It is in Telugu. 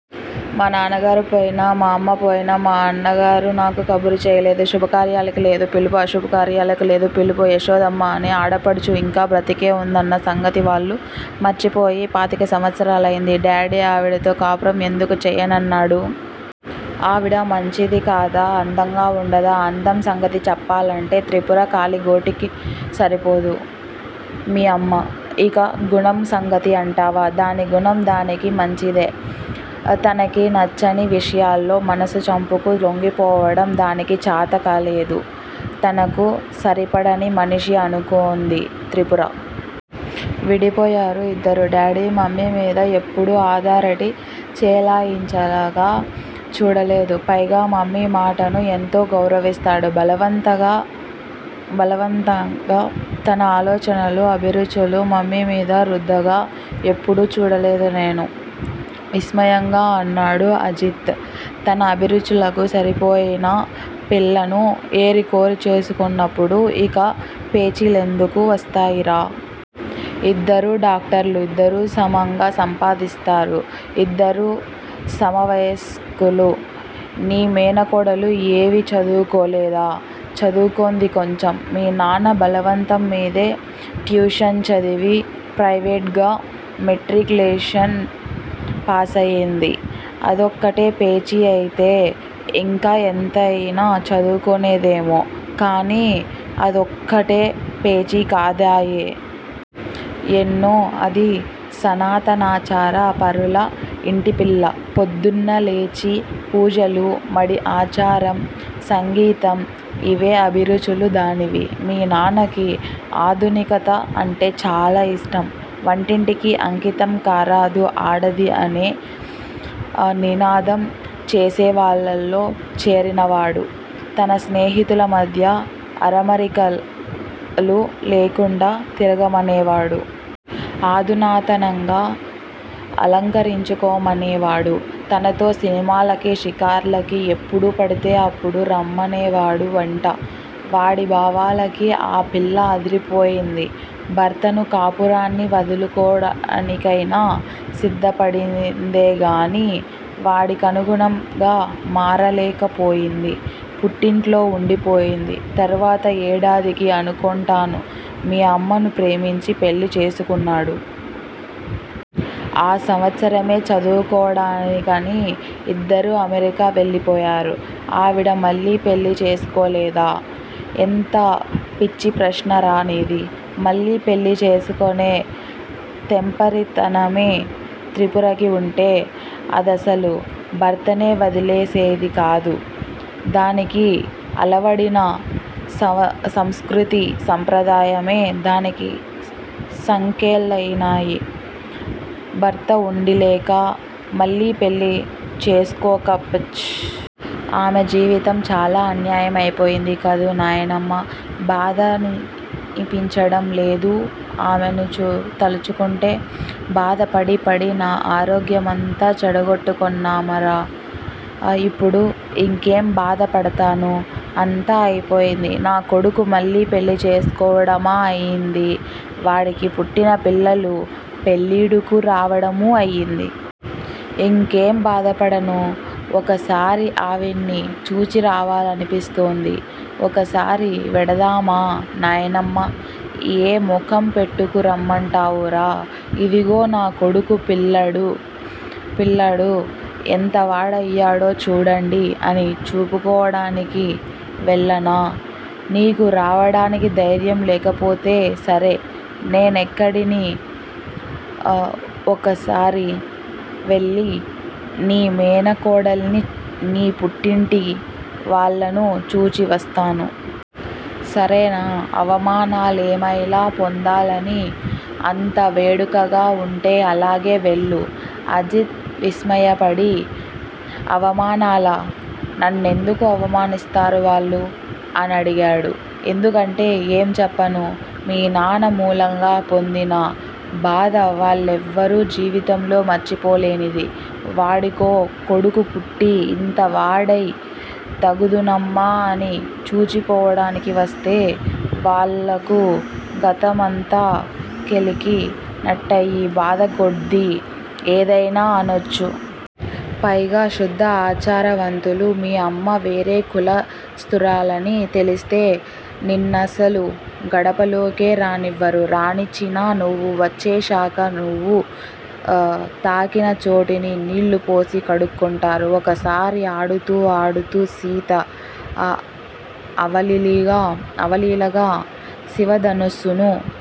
మా నాన్నగారు పోయినా, మా అమ్మ పోయినా మా అన్నగారు నాకు కబురు చేయలేదు. శుభకార్యాలకి లేదు పిలుపు ఆశుభాకార్యాలకి లేదు పిలుపు యశోదమ్మ అనే ఆడపడుచు ఇంకా బ్రతికే ఉందన్న సంగతి వాళ్ళు మరిచిపోయి పాతిక సంవత్సరాల్తెంది! డాడి ఆవిడతో కాపురం ఎందుకు చేయ్యనన్నాడు? ఆవిడ మంచిది కాదా అందంగా ఉండదా? అందం సంగతి చెప్పాలంటే త్రిపుర కాలిగోటికి సరిపోదు మీ అమ్మ! ఇక గుణం సంగతి అంటావా, దాని గుణం దానికి మంచిదే! తనకి నచ్చని విషయాల్లో మనసు చంపుకు లొంగిపోవడం దానికి చాతకాలేదు. తనకు సరిపడని మనిషిఅనుకొంది త్రిపుర. విడిపోయారు ఇద్దరు! డాడి మమ్మి మీద ఎప్పడూ అధారటి చేలాయించగా చూడలేదే! పైగా మమ్మి మాటను ఎంతో గౌరవిస్తాడు. బలవంతగా తన ఆలోచనలు, అభిరుచులు మమ్మి మీద రుద్దగా ఎప్పుడూ చూడలేదు నేను! విస్మయంగా అన్నాడు అజిత్. తన అభిరుచులకు సరిపోయిన పిల్లను ఏరికోరిచేసుకొన్నప్పుడు ఇక పేచిలేందుకు వస్తాయిరా? ఇద్దరూ డాక్టర్లు. ఇద్దరూ సమంగా సంపాదిస్తారు. ఇద్దరూ సమవయస్కులు! నీ మేనకోడలు ఏవి చదువుకోలేదా? చదువుకొంది కొంచెం. మీ నాన్న బలవంతం మిదే ట్యూషన్ చదివి ప్త్రేవేట్ గా మెట్రిక్ లేషన్ పాసయింది. అదొక్కటే పేచి అయితే ఇంకా ఎంత యినా చదువుకోనేదేమో, కానీ, అదొక్కటే పేచి కాదాయె! ఎన్నో! అది సనాతనాచారా పరుల ఇంటిపిల్ల! ప్రోద్దున్నలేచి పూజలు, మడి, ఆచారం, సంగీతం. ఇవే అభిరుచులు దానివి! మీ నాన్నకి ఆధునికత అంటే చాలా ఇష్టం! వంటింటికి అంకితం కారాదు ఆడది' అనే నినాదం చేసేవాళ్ళలో చేరినవాడు! తన స్నేహితుల మధ్య అరమరికలు లేకుండా తిరగమనేవాడు! ఆధునాతనంగా అలంకరించుకొమ్మనేవాడు? తనతో సినిమా లకి షికార్లకి ఎప్పుడు పడితే అప్పుడు రమ్మ నేవాడు వెంట! వాడిభావాలకి ఆ పిల్ల అదిరిపోయింది! భర్తనూ కాపురాన్ని వదులుకోడానిక్తేనా సిద్ధపడిందేగాని వాడికనుగుణం గా మారలేకపోయింది! పుట్టింట్లో ఉండి పోయింది! తరువాత ఏడాదికి అనుకొంటాను, మీ అమ్మను ప్రేమించి పెళ్ళి చేసుకున్నాడు! ఆ సంవత్సరమే చదువు కోడానికని ఇద్దరూ అమెరికా వెళ్ళి పోయారు! ఆవిడ మళ్ళి పెళ్ళి చేసుకోలేదా? ఎంత పిచ్చి ప్రశ్నరా నిది! మళ్ళి పెళ్ళి చేసుకొనే తెంపరితనమే త్రిపురకి ఉంటే, అదసలు భర్తనే వదిలేసేది కాదు! దానికి అలవడిన సంస్కృతి సంప్రదాయమే దానికి సంకెళ్ళయినాయి! భర్త ఉండిలేక, మళ్ళి పెళ్ళి చేసుకోక-ప్చ్! ఆమె జీవితం చాలా అన్యాయమ్తె పోయింది కదూ, నాయనమ్మ? బాధనిపించడం లేదూ, ఆమెను తలుచుకుంటే? బాధ పడిపడి నా ఆరోగ్యమంతా చేడగోట్టుకోన్నామరా! ఇప్పుడు ఇంకేం బాధ పడతాను? అంతా అయిపోయింది. నా కొడుకు మళ్ళి పెళ్ళి చేసుకోవడమా అయింది! వాడికి పుట్టిన పిల్లలు పెళ్ళీడుకు రావడమూ అయింది! ఇంకేం బాధపడను? ఒకసారి ఆవిణ్ణి చూచిరావాలనిపిస్తూంది! ఒకసారి వెడదామా, నాయనమ్మ? ఏ ముఖం పెట్టుకు రమ్మంటావురా? 'ఇదిగో నాకొడుకు పిల్లడు ఎంతవాడయ్యడో చూడండి అని చూపుకోడానికి వెళ్ళనా? నీకు రావడానికి ద్తేర్యం లేకపోతే సరే! నేనిక్కడిని ఒకసారి వెళ్ళి నీ మేనకోడలిని, నీ పుట్టింటి వాళ్ళనూ చూచి వస్తాను. సరేనా? అవమానాలేమ్తేలా పొందాలని అంత వేడుకగా ఉంటే అలాగే వెళ్ళు! అజిత్ విస్మయపడి, అవమానాలా? నన్నెందుకు అవమానిస్తారు వాళ్ళు? అనడిగాడు. ఎందుకంటే ఏం చెప్పను? మీ నాన్న మూలంగా పొందిన బాధ వాళ్ళెవరూ జీవితంలో మరిచిపోలేనిది! వాడికో కొడుకు పుట్టి, ఇంత వాడ్తే తగుదునమ్మ అని చూచి పోవడానికి వస్తే వాళ్ళకు గతమంతా కెలికి నట్టయ్యి బాధకోద్ది ఎద్తేనా అనొచ్చు! పైగా శుద్ధ ఆచారవంతులు! మీ అమ్మ వేరే కుల స్తురాలని తెలిస్తే నిన్నసలు గడపలోకే రానివ్వరు! రాణిచ్చినా, నువ్వు వచ్చేశాక నువ్వు తాకిన చోటుని నీళ్ళుపోసి కడుక్కుంటారు! ఒకసారి ఆడుతూ ఆడుతూ సీత అవలీలగా శివధనస్సును